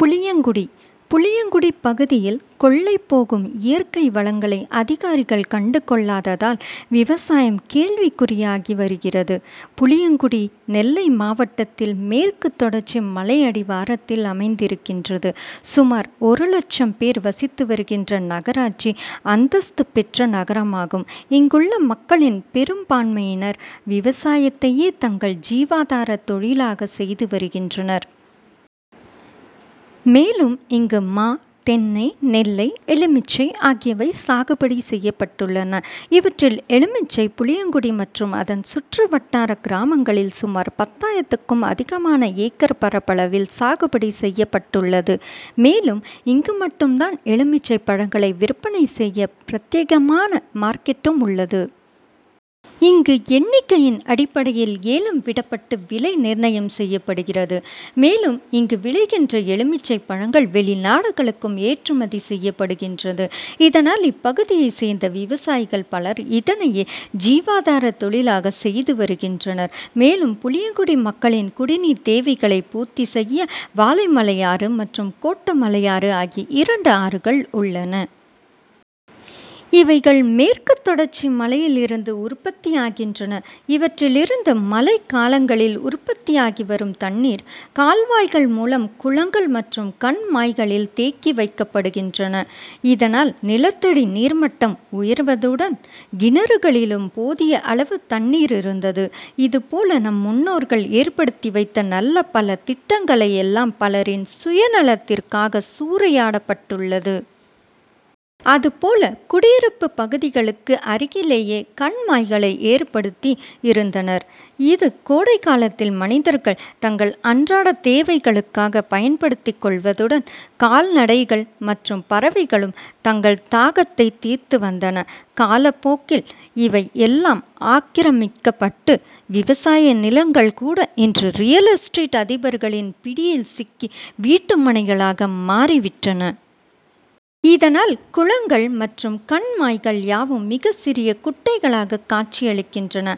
புளியங்குடி புளியங்குடி பகுதியில் கொள்ளைபோகும் இயற்கை வளங்களை அதிகாரிகள் கண்டு கொள்ளாததால் விவசாயம் கேள்விக்குறியாகி வருகிறது. புளியங்குடி நெல்லை மாவட்டத்தில் மேற்கு தொடர்ச்சி மலையடிவாரத்தில் அமைந்திருக்கின்றது. சுமார் ஒரு லட்சம் பேர் வசித்து வருகின்ற நகராட்சி அந்தஸ்து பெற்ற நகரமாகும். இங்குள்ள மக்களில் பெரும்பான்மையினர் விவசாயத்தையே தங்கள் ஜீவாதார தொழிலாக செய்து வருகின்றனர். மேலும் இங்கு மா, தென்னை, நெல்லை, எலுமிச்சை ஆகியவை சாகுபடி செய்யப்பட்டுள்ளன. இவற்றில் எலுமிச்சை புளியங்குடி மற்றும் அதன் சுற்றுவட்டார கிராமங்களில் சுமார் பத்தாயிரத்திற்கும் அதிகமான ஏக்கர் பரப்பளவில் சாகுபடி செய்யப்பட்டுள்ளது. மேலும் இங்கு மட்டும் தான் எலுமிச்சை பழங்களை விற்பனை செய்ய பிரத்யேகமான மார்க்கெட்டும் உள்ளது. இங்கு எண்ணிக்கையின் அடிப்படையில் ஏலம் விடப்பட்டு விலை நிர்ணயம் செய்யப்படுகின்றது. மேலும் இங்கு விளைகின்ற எலுமிச்சை பழங்கள் வெளிநாடுகளுக்கும் ஏற்றுமதி செய்யப்படுகின்றது. இதனால் இப்பகுதியை சேர்ந்த விவசாயிகள் பலர் இதனையே ஜீவாதார தொழிலாக செய்து வருகின்றனர். மேலும் புளியங்குடி மக்களின் குடிநீர் தேவைகளை பூர்த்தி செய்ய வாலைமலையாறு மற்றும் கோட்டமலையாறு ஆகிய இரண்டு ஆறுகள் உள்ளன. இவைகள் மேற்குத் தொடர்ச்சி மலையில் இருந்து உற்பத்தியாகின்றன. இவற்றில் இருந்து மலைக்காலங்களில் உற்பத்தியாகி வரும் தண்ணீர் கால்வாய்கள் மூலம் குளங்கள் மற்றும் கண்மாய்களில் தேக்கி வைக்கப்படுகின்றன. இதனால் நிலத்தடி நீர்மட்டம் உயர்வதுடன் கிணறுகளிலும் போதிய அளவு தண்ணீர் இருந்தது. இதுபோல நம் முன்னோர்கள் ஏற்படுத்தி வைத்த நல்ல பல திட்டங்களை எல்லாம் பலரின் சுயநலத்திற்காக சூறையாடப்பட்டுள்ளது. அதுபோல குடியிருப்பு பகுதிகளுக்கு அருகிலேயே கண்மாய்களை ஏற்படுத்தி இருந்தனர். இது கோடைகாலத்தில் மனிதர்கள் தங்கள் அன்றாட தேவைகளுக்காக பயன்படுத்தி கொள்வதுடன் கால்நடைகள் மற்றும் பறவைகளும் தங்கள் தாகத்தை தீர்த்து வந்தன. காலப்போக்கில் இவைகள் எல்லாம் ஆக்கிரமிக்கப்பட்டு விவசாய நிலங்கள் கூட இன்று ரியல் எஸ்டேட் அதிபர்களின் பிடியில் சிக்கி வீட்டுமனைகளாக மாறிவிட்டன. இதனால் குளங்கள் மற்றும் கண்மாய்கள் யாவும் மிகச்சிறிய குட்டைகளாக காட்சியளிக்கின்றன.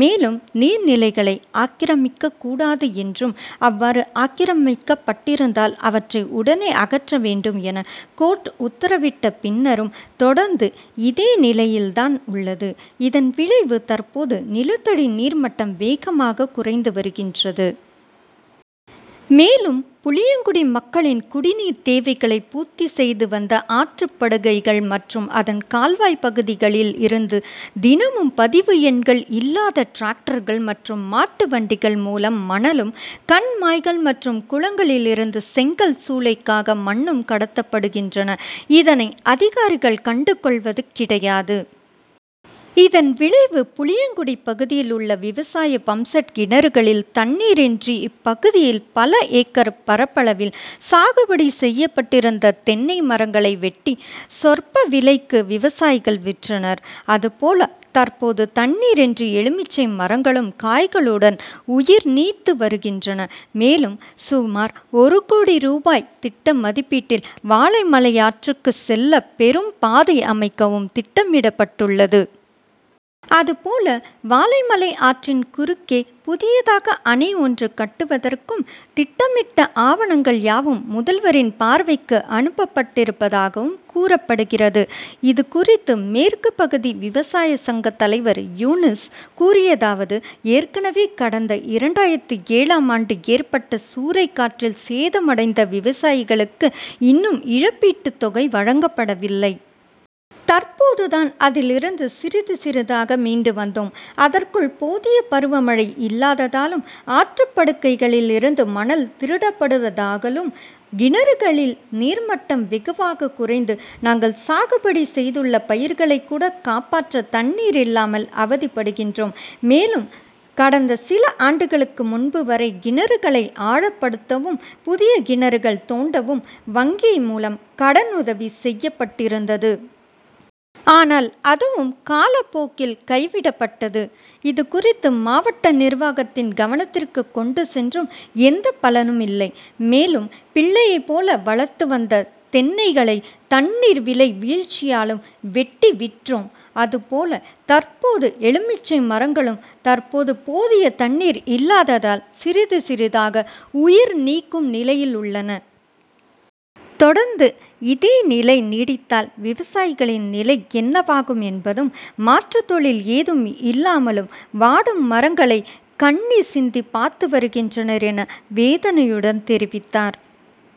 மேலும் நீர்நிலைகளை ஆக்கிரமிக்க கூடாது என்றும் அவ்வாறு ஆக்கிரமிக்கப்பட்டிருந்தால் அவற்றை உடனே அகற்ற வேண்டும் என கோர்ட் உத்தரவிட்ட பின்னரும் தொடர்ந்து இதே நிலையில்தான் உள்ளது. இதன் விளைவு தற்போது நிலத்தடி நீர்மட்டம் வேகமாக குறைந்துவருகின்றது. மேலும் புளியங்குடி மக்களின் குடிநீர் தேவைகளை பூர்த்தி செய்து வந்த ஆற்றுப்படுகைகள் மற்றும் அதன் கால்வாய் பகுதிகளில் இருந்தும் தினமும் பதிவு எண்கள் இல்லாத டிராக்டர்கள் மற்றும் மாட்டு வண்டிகள் மூலம் மணலும், கண்மாய்கள் மற்றும் குளங்களில் இருந்து செங்கல் சூளைக்காக மண்ணும் கடத்தப்படுகின்றன. இதனை அதிகாரிகள் கண்டுகொள்வது கிடையாது. இதன் விளைவு புளியங்குடி பகுதியில் உள்ள விவசாய பம்புசெட் கிணறுகளில் தண்ணீர் இன்றி இப்பகுதியில் பல ஏக்கர் பரப்பளவில் சாகுபடி செய்யப்பட்டிருந்த தென்னை மரங்களை வெட்டி சொற்ப விலைக்கு விவசாயிகள் விற்றனர். அதுபோல தற்போது தண்ணீரின்றி எலுமிச்சை மரங்களும் காய்களுடன் உயிர் நீத்து வருகின்றன. மேலும் சுமார் ஒரு கோடி ரூபாய் திட்ட மதிப்பீட்டில் வாலைமலையாற்றுக்கு செல்ல பெரும் பாதையை அமைக்கவும் திட்டமிடப்பட்டுள்ளது. அதுபோல வாலைமலை ஆற்றின் குறுக்கே புதியதாக அணை ஒன்று கட்டுவதற்கும் திட்டமிடப்பட்டு ஆவணங்கள் யாவும் முதல்வரின் பார்வைக்கு அனுப்பப்பட்டிருப்பதாகவும் கூறப்படுகிறது. இதுகுறித்து மேற்கு பகுதி விவசாய சங்க தலைவர் யூனுஸ் கூறியதாவது ஏற்கனவே கடந்த இரண்டாயிரத்து ஏழாம் ஆண்டு ஏற்பட்ட சூறைக்காற்றில் சேதமடைந்த விவசாயிகளுக்கு இன்னும் இழப்பீட்டு தொகை வழங்கப்படவில்லை. தற்போதுதான் அதிலிரந்து சிறிது சிறிதாக மீண்டு வந்தோம். அதற்குள் போதிய பருவமழை இல்லாததாலும், ஆற்றுப்படுகைகளில் இருந்து மணல் திருடப்படுவதாகலும் கிணறுகளில் நீர்மட்டம் வெகுவாக குறைந்து நாங்கள் சாகுபடி செய்துள்ள பயிர்களை கூட காப்பாற்ற தண்ணீர் இல்லாமல் அவதிப்படுகின்றோம். மேலும் கடந்த சில ஆண்டுகளுக்கு முன்பு வரை கிணறுகளை ஆழப்படுத்தவும், புதிய கிணறுகள் தோண்டவும் வங்கிகள் மூலம் கடனுதவி செய்யப்பட்டிருந்தது. ஆனால் அதுவம் காலப்போக்கில் கைவிடப்பட்டது. இதுகுறித்து மாவட்ட நிர்வாகத்தின் கவனத்திற்கு கொண்டு சென்றும் எந்த பலனும் இல்லை. மேலும் பிள்ளையைப் போல வளர்த்து வந்த தென்னைகளை தண்ணீர், விலை வீழ்ச்சியாலும் வெட்டி விற்றோம். அதுபோல தற்போது எலுமிச்சை மரங்களும் தற்போது போதிய தண்ணீர் இல்லாததால் சிறிது சிறிதாக உயிர்நீக்கும் நிலையில் உள்ளன. தொடர்ந்து இதே நிலை நீடித்தால் விவசாயிகளின் நிலை என்னவாகும் என்பதும் மாற்றுத் தொழில் ஏதும் இல்லாமலும், வாடும் மரங்களை கண்ணீர் சிந்தி பார்த்துவருகின்றனர் என வேதனையுடன் தெரிவித்தார்.